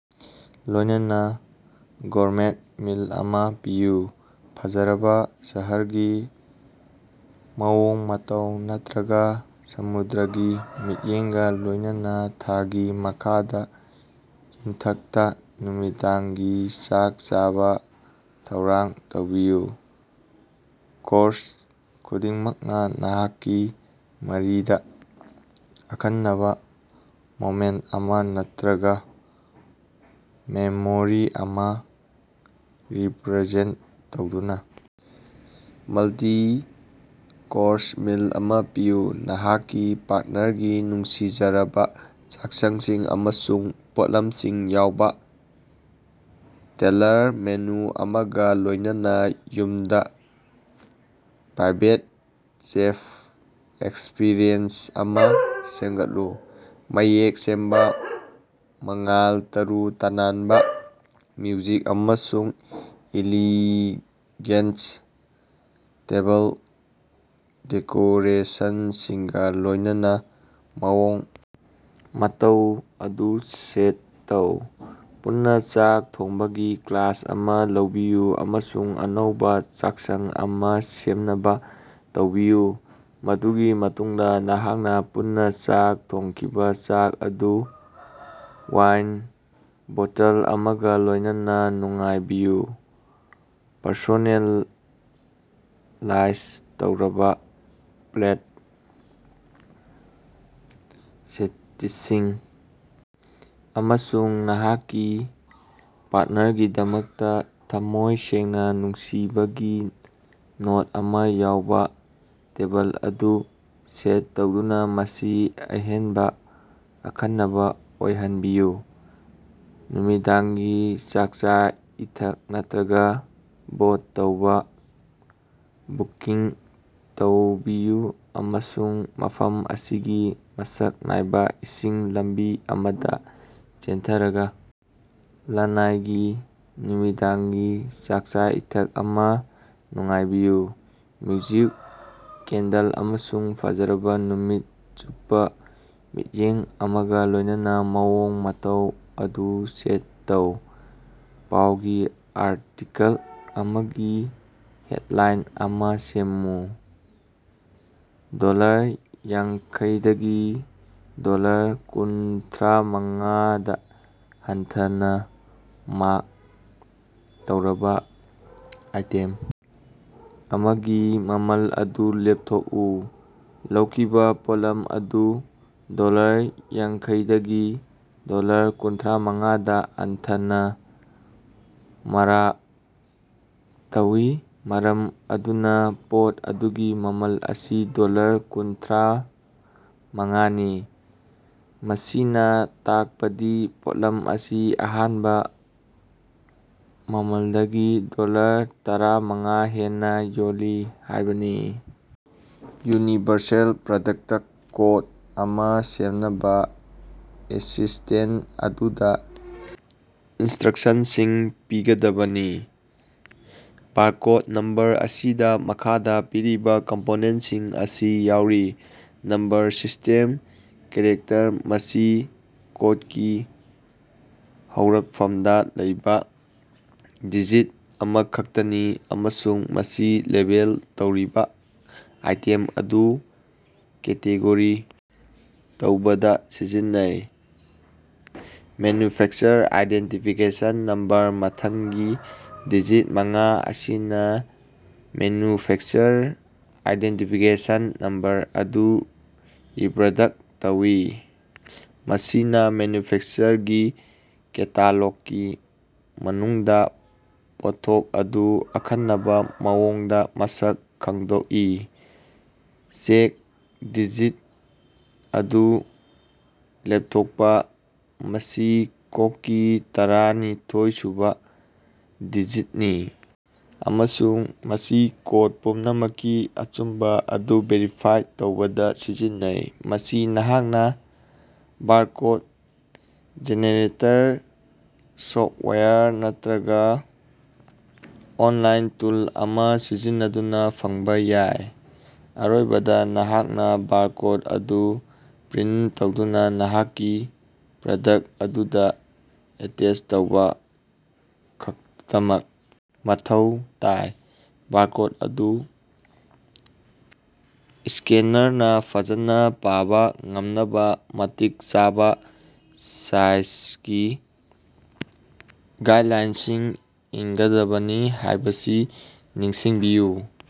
ꯂꯣꯏꯅꯅꯥ gourmet meal ꯑꯃꯥ ꯄꯤꯌꯨ꯫ ꯐꯖꯔꯕꯥ ꯁꯍꯔꯒꯤ ꯃꯑꯣꯡ ꯃꯇꯧ ꯅꯠꯇ꯭ꯔꯒꯥ ꯁꯃꯨꯗ꯭ꯔꯒꯤ ꯃꯤꯠꯌꯦꯡꯒꯥ ꯂꯣꯏꯅꯅꯥ ꯊꯥꯒꯤ ꯃꯈꯥꯗꯥ ꯌꯨꯝꯊꯛꯇꯥ ꯅꯨꯃꯤꯗꯥꯡꯒꯤ ꯆꯥꯛ ꯆꯥꯕꯥ ꯊꯧꯔꯥꯡ ꯇꯧꯕꯤꯌꯨ꯫ ꯀꯣꯔꯁ ꯈꯨꯗꯤꯡꯃꯛꯅꯥ ꯅꯍꯥꯛꯀꯤ ꯃꯔꯤꯗꯥ ꯑꯈꯟꯅꯕꯥ ꯃꯣꯃꯦꯟꯇ ꯑꯃꯥ ꯅꯠꯇꯔꯒꯥ ꯃꯦꯃꯣꯔꯤ ꯑꯃꯥ ꯔꯤꯄ꯭ꯔꯖꯦꯟꯇ ꯇꯧꯗꯨꯅꯥ ꯃꯜꯇꯤ-ꯀꯣꯔꯁ ꯃꯤꯜ ꯑꯃꯥ ꯄꯤꯌꯨ꯫ ꯅꯍꯥꯛꯀꯤ ꯄꯥꯔꯠꯅꯔꯒꯤ ꯅꯨꯡꯁꯤꯖꯔꯕꯥ ꯆꯥꯛꯁꯪꯁꯤꯡ ꯑꯃꯁꯨꯡ ꯄꯣꯠꯂꯝꯁꯤꯡ ꯌꯥꯎꯕꯥ ꯇꯦꯜꯂꯔ ꯃꯦꯅꯨ ꯑꯃꯒꯥ ꯂꯣꯏꯅꯅꯥ ꯌꯨꯝꯗꯥ ꯄ꯭ꯔꯥꯏꯕꯦꯠ ꯆꯦꯐ ꯑꯦꯛꯁꯄꯤꯔꯤꯑꯦꯟꯁ ꯑꯃꯥ ꯁꯦꯝꯒꯠꯂꯨ꯫ ꯃꯌꯦꯛ ꯁꯦꯡꯕꯥ ꯃꯉꯥꯜ, ꯇꯔꯨ ꯇꯅꯥꯟꯕꯥ ꯃ꯭ꯌꯨꯖꯤꯛ ꯑꯃꯁꯨꯡ ꯏꯂꯤꯒꯦꯟꯇ ꯇꯦꯕꯜ ꯗꯦꯀꯣꯔꯦꯁꯟꯁꯤꯡꯒꯥ ꯂꯣꯏꯅꯅꯥ ꯃꯑꯣꯡ ꯃꯇꯧ ꯑꯗꯨ ꯁꯦꯠ ꯇꯧ꯫ ꯄꯨꯟꯅꯥ ꯆꯥꯛ ꯊꯣꯡꯕꯒꯤ ꯀ꯭ꯂꯥꯁ ꯑꯃꯥ ꯂꯧꯕꯤꯌꯨ ꯑꯃꯁꯨꯡ ꯑꯅꯧꯕꯥ ꯆꯥꯛꯁꯪ ꯑꯃꯥ ꯁꯦꯝꯅꯕꯥ ꯇꯧꯕꯤꯌꯨ, ꯃꯗꯨꯒꯤ ꯃꯇꯨꯡꯗꯥ ꯅꯍꯥꯛꯅꯥ ꯄꯨꯟꯅꯥ ꯆꯥꯛ ꯊꯣꯡꯈꯤꯕꯥ ꯆꯥꯛ ꯑꯗꯨ ꯋꯥꯏꯟ ꯕꯣꯇꯜ ꯑꯃꯒꯥ ꯂꯣꯏꯅꯅꯥ ꯅꯨꯡꯉꯥꯏꯕꯤꯌꯨ꯫ ꯄꯔꯁꯣꯅꯦ ꯂꯥꯏꯖ ꯇꯧꯔꯕꯥ ꯄ꯭ꯂꯦꯁ ꯁꯦꯇꯤꯁꯁꯤꯡ ꯑꯃꯁꯨꯡ ꯅꯍꯥꯛꯀꯤ ꯄꯥꯔꯠꯅꯔꯒꯤꯗꯃꯛꯇꯥ ꯊꯝꯃꯣꯏ ꯁꯦꯡꯅꯥ ꯅꯨꯡꯁꯤꯕꯒꯤ ꯅꯣꯠ ꯑꯃꯥ ꯌꯥꯎꯕꯥ ꯇꯦꯕꯜ ꯑꯗꯨ ꯁꯦꯠ ꯇꯧꯗꯨꯅꯥ ꯃꯁꯤ ꯑꯍꯦꯟꯕꯥ ꯑꯈꯟꯅꯕꯥ ꯑꯣꯏꯍꯟꯕꯤꯌꯨ꯫ ꯅꯨꯃꯤꯗꯥꯡꯒꯤ ꯆꯥꯛꯆꯥ-ꯏꯊꯛ ꯅꯠꯇ꯭ꯔꯒꯥ ꯕꯣꯠ ꯊꯧꯕꯥ ꯕꯨꯀꯤꯡ ꯇꯧꯕꯤꯌꯨ ꯑꯃꯁꯨꯡ ꯃꯐꯝ ꯑꯁꯤꯒꯤ ꯃꯁꯛ ꯅꯥꯏꯕꯥ ꯏꯁꯤꯡ ꯂꯝꯕꯤ ꯑꯃꯗꯥ ꯆꯦꯟꯊꯔꯒꯥ ꯂꯅꯥꯏꯒꯤ ꯅꯨꯃꯤꯗꯥꯡꯒꯤ ꯆꯥꯛꯆꯥ-ꯏꯊꯛ ꯑꯃꯥ ꯅꯨꯡꯉꯥꯏꯕꯤꯌꯨ꯫ ꯃ꯭ꯌꯨꯖꯤꯛ, ꯀꯦꯟꯗꯜ ꯑꯃꯁꯨꯡ ꯐꯖꯔꯕꯥ ꯅꯨꯃꯤꯠ ꯆꯨꯞꯄꯥ ꯃꯤꯠꯌꯦꯡ ꯑꯃꯒꯥ ꯂꯣꯏꯅꯅꯥ ꯃꯑꯣꯡ ꯃꯇꯧ ꯑꯗꯨ ꯁꯦꯠ ꯇꯧ꯫ ꯄꯥꯎꯒꯤ ꯑꯥꯔꯇꯤꯀꯜ ꯑꯃꯒꯤ ꯍꯦꯠꯂꯥꯏꯟ ꯑꯃꯥ ꯁꯦꯝꯃꯨ꯫ ꯗꯣꯂꯔ ꯌꯥꯡꯈꯩꯗꯒꯤ ꯗꯣꯂꯔ ꯀꯨꯟꯊ꯭ꯔꯥꯃꯉꯥꯗꯥ ꯍꯟꯊꯅꯥ ꯃꯥꯛ ꯇꯧꯔꯕꯥ ꯑꯥꯏꯇꯦꯝ ꯑꯃꯒꯤ ꯃꯃꯜ ꯑꯗꯨ ꯂꯦꯞꯊꯣꯛꯎ꯫ ꯂꯧꯈꯤꯕꯥ ꯄꯣꯠꯂꯝ ꯑꯗꯨ ꯗꯣꯂꯔ ꯌꯥꯡꯈꯩꯗꯒꯤ ꯗꯣꯂꯔ ꯀꯨꯟꯊ꯭ꯔꯥꯃꯉꯥꯗꯥ ꯍꯟꯊꯅꯥ ꯃꯥꯔꯥꯛ ꯇꯧꯏ, ꯃꯔꯝ ꯑꯗꯨꯅꯥ ꯄꯣꯠ ꯑꯗꯨꯒꯤ ꯃꯃꯜ ꯑꯁꯤ ꯗꯣꯂꯔ ꯀꯨꯟꯊ꯭ꯔꯥ ꯃꯉꯥꯅꯤ꯫ ꯃꯁꯤꯅꯥ ꯇꯥꯛꯄꯗꯤ ꯄꯣꯠꯂꯝ ꯑꯁꯤ ꯑꯍꯥꯟꯕꯥ ꯃꯃꯜꯗꯒꯤ ꯗꯣꯂꯔ ꯇꯔꯥꯃꯉꯥ ꯍꯦꯟꯅꯥ ꯌꯣꯜꯂꯤ ꯍꯥꯏꯕꯅꯤ꯫ ꯌꯨꯅꯤꯚꯔꯁꯦꯜ ꯄ꯭ꯔꯗꯛꯇ ꯀꯣꯠ ꯑꯃꯥ ꯁꯦꯝꯅꯕꯥ ꯑꯦꯁꯤꯁꯇꯦꯟꯇ ꯑꯗꯨꯗꯥ ꯏꯟꯁꯇ꯭ꯔꯛꯁꯟꯁꯤꯡ ꯄꯤꯒꯗꯕꯅꯤ꯫ ꯕꯥꯔꯀꯣꯠ ꯅꯝꯕꯔ ꯑꯁꯤꯗ ꯃꯈꯥꯗꯥ ꯄꯤꯔꯤꯕꯥ ꯀꯝꯄꯣꯅꯦꯟꯁꯤꯡ ꯑꯁꯤ ꯌꯥꯎꯔꯤ꯫ ꯅꯝꯕꯔ ꯁꯤꯁ꯭ꯇꯦꯝ ꯀꯦꯔꯦꯛꯇꯔ: ꯃꯁꯤ ꯀꯣꯠꯀꯤ ꯍꯧꯔꯛꯐꯝꯗꯥ ꯂꯩꯕꯥ ꯗꯤꯖꯤꯠ ꯑꯃꯈꯛꯇꯅꯤ ꯑꯃꯁꯨꯡ ꯃꯁꯤ ꯂꯦꯕꯦꯜ ꯇꯧꯔꯤꯕꯥ ꯑꯥꯏꯇꯦꯝ ꯑꯗꯨ ꯀꯦꯇꯦꯒꯣꯔꯤ ꯇꯧꯕꯗꯥ ꯁꯤꯖꯤꯟꯅꯩ꯫ ꯃꯦꯟꯅꯨꯐꯦꯛꯆꯔ ꯑꯥꯏꯗꯦꯟꯇꯤꯐꯤꯀꯦꯁꯟ ꯅꯝꯕꯔ: ꯃꯊꯪꯒꯤ ꯗꯤꯖꯤꯠ ꯃꯉꯥ ꯑꯁꯤꯅꯥ ꯃꯦꯟꯅꯨꯐꯦꯛꯆꯔ ꯑꯥꯏꯗꯦꯟꯇꯤꯐꯤꯀꯦꯁꯟ ꯅꯝꯕꯔ ꯑꯗꯨ ꯔꯤꯄ꯭ꯔꯗꯛ ꯇꯧꯏ꯫ ꯃꯁꯤꯅꯥ ꯃꯦꯟꯅꯨꯐꯦꯛꯆꯔꯒꯤ ꯀꯦꯇꯥꯂꯣꯛꯀꯤ ꯃꯅꯨꯡꯗꯥ ꯄꯣꯠꯊꯣꯛ ꯑꯗꯨ ꯑꯈꯟꯅꯕꯥ ꯃꯑꯣꯡꯗꯥ ꯃꯁꯛ ꯈꯪꯗꯣꯛꯏ꯫ ꯆꯦꯛ ꯗꯤꯖꯤꯠ ꯑꯗꯨ ꯂꯦꯞꯊꯣꯛꯄꯥ: ꯃꯁꯤ ꯀꯣꯛꯀꯤ ꯇꯔꯥꯅꯤꯊꯣꯏꯁꯨꯕꯥ ꯗꯤꯖꯤꯠꯅꯤ ꯑꯃꯁꯨꯡ ꯃꯁꯤ ꯀꯣꯠ ꯄꯨꯝꯅꯃꯛꯀꯤ ꯑꯆꯨꯝꯕꯥ ꯑꯗꯨ ꯚꯦꯔꯤꯐꯥꯏ ꯇꯧꯕꯗꯥ ꯁꯤꯖꯤꯟꯅꯩ꯫ ꯃꯁꯤ ꯅꯍꯥꯛꯅꯥ ꯕꯥꯔꯀꯣꯠ ꯖꯦꯅꯦꯔꯦꯇꯔ ꯁꯣꯞꯋꯥꯌꯔ ꯅꯠꯇ꯭ꯔꯒꯥ ꯑꯣꯟꯂꯥꯏꯟ ꯇꯨꯜ ꯑꯃꯥ ꯁꯤꯖꯤꯟꯅꯗꯨꯅꯥ ꯐꯪꯕꯥ ꯌꯥꯏ꯫ ꯑꯔꯣꯏꯕꯗꯥ, ꯅꯍꯥꯛꯅꯥ ꯕꯥꯔꯀꯣꯠ ꯑꯗꯨ ꯄ꯭ꯔꯤꯟ ꯇꯧꯗꯨꯅꯥ ꯅꯍꯥꯛꯀꯤ ꯄ꯭ꯔꯗꯛ ꯑꯗꯨꯗꯥ ꯑꯦꯇꯦꯁ ꯇꯧꯕꯥ ꯈꯛꯇꯃꯛ ꯃꯊꯧ ꯇꯥꯏ꯫ ꯕꯥꯔꯀꯣꯠ ꯑꯗꯨ ꯁ꯭ꯀꯦꯅꯔꯁꯤꯡꯅꯥ ꯐꯖꯅꯥ ꯄꯥꯕꯥ ꯉꯝꯅꯕꯥ ꯃꯇꯤꯛ ꯆꯥꯕꯥ ꯁꯥꯏꯖꯒꯤ ꯒꯥꯏꯠꯂꯥꯏꯟꯁꯤꯡ ꯏꯟꯒꯗꯕꯅꯤ ꯍꯥꯏꯕꯁꯤ ꯅꯤꯡꯁꯤꯡꯕꯤꯌꯨ꯫